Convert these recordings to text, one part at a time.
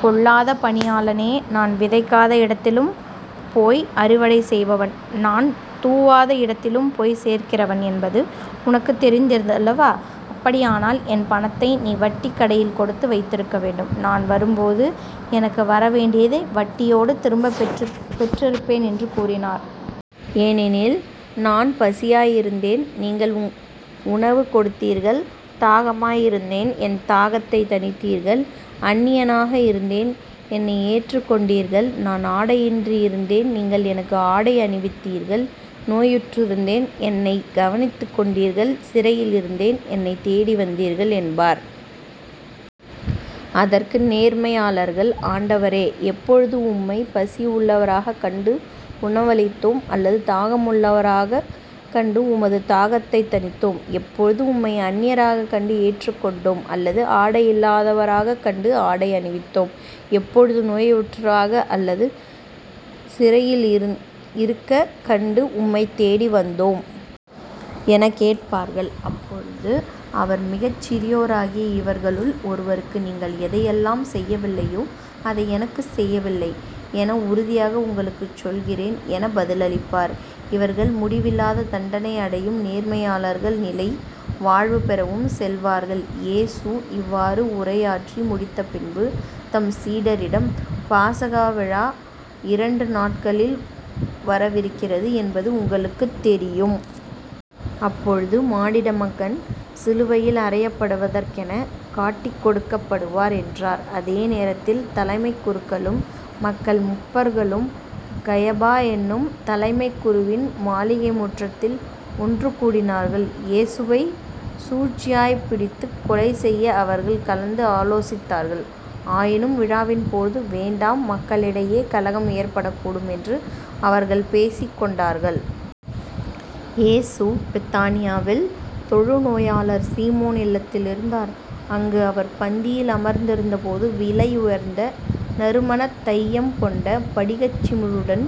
பொல்லாத பணியாளனே நான் விதைக்காத இடத்திலும் போய் அறுவடை செய்பவன். நான் தூவாத இடத்திலும் போய் சேர்க்கிறவன் என்பது உனக்குத் தெரிந்திருந்தது அல்லவா? அப்படியானால் என் பணத்தை நீ வட்டிக் கடையில் கொடுத்து வைத்திருக்க வேண்டும். நான் வரும்போது எனக்கு வரவேண்டியதை வட்டியோடு திரும்பப் பெற்று பெற்றிருப்பேன் என்று கூறினார். ஏனெனில் நான் பசியாய் இருந்தேன் நீங்கள் உணவு கொடுத்தீர்கள் தாகமாய் இருந்தேன் என் தாகத்தைத் தணித்தீர்கள் அன்னியனாக இருந்தேன் என்னை ஏற்றுக் கொண்டீர்கள் நான் ஆடையின்றி இருந்தேன் நீங்கள் எனக்கு ஆடை அணிவித்தீர்கள் நோயுற்றிருந்தேன் என்னைக் கவனித்துக் கொண்டீர்கள் சிறையில் இருந்தேன் என்னைத் தேடி வந்தீர்கள் என்பார். அதற்கு நேர்மையாளர்கள் ஆண்டவரே எப்பொழுது உம்மைப் பசியுள்ளவராகக் கண்டு உணவளித்தோம் அல்லது தாகமுள்ளவராகக் கண்டு உமது தாகத்தைத் தணித்தோம்? எப்பொழுது உம்மை அன்னியராகக் கண்டு ஏற்றுக் கொண்டோம்? அல்லது ஆடை இல்லாதவராகக் கண்டு ஆடை அணிவித்தோம்? எப்பொழுது நோயுற்றராக அல்லது சிறையில் இருந் இருக்கக் கண்டு உம்மைத்தேடி வந்தோம்? எனக் கேட்பார்கள். அப்பொழுது அவர் மிகச் சிறியோராகிய இவர்களுள் ஒருவருக்கு நீங்கள் எதையெல்லாம் செய்யவில்லையோ அதை எனக்கும் செய்யவில்லை என உறுதியாக உங்களுக்குச் சொல்கிறேன் எனப் பதிலளிப்பார். இவர்கள் முடிவில்லாத தண்டனை அடையவும் நேர்மையாளர்கள் நிலை வாழ்வு பெறவும் செல்வார்கள். இயேசு இவ்வாறு உரையாற்றி முடித்த பின்பு தம் சீடரிடம் பாஸகா விழா இரண்டு நாள்களில் வரவிருக்கிறது என்பது உங்களுக்குத் தெரியும். அப்பொழுது மானிட மகன் சிலுவையில் அறையப்படுவதற்கெனக் காட்டிக்கொடுக்கப் படுவார் என்றார். அதே நேரத்தில் தலைமைக் குருக்களும் மக்களின் முப்பர்களும் கயபா என்னும் தலைமைக் குருவின் மாளிகை முற்றத்தில் ஒன்று கூடினார்கள். இயேசுவைச் சூழ்ச்சியாய்ப் பிடித்துக் கொலை செய்ய அவர்கள் கலந்து ஆலோசித்தார்கள். ஆயினும் விழாவின்போது வேண்டாம் மக்களிடையே கலகம் ஏற்படக்கூடும் என்று அவர்கள் பேசிக் கொண்டார்கள். இயேசு பெத்தானியாவில் தொழுநோயாளர் சீமோன் இல்லத்தில் இருந்தார். அங்கு அவர் பந்தியில் அமர்ந்திருந்தபோது விலையுயர்ந்த நறுமணத் தையம் கொண்ட படிகச் சிமிழுடன்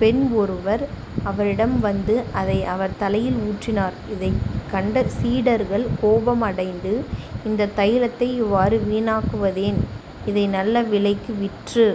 பெண் ஒருவர் அவரிடம் வந்து அதை அவர் தலையில் ஊற்றினார். இதைக் கண்ட சீடர்கள் கோபமடைந்து இந்தத் தைலத்தை இவ்வாறு வீணாக்குவதேன்? இதை நல்ல விலைக்கு விற்று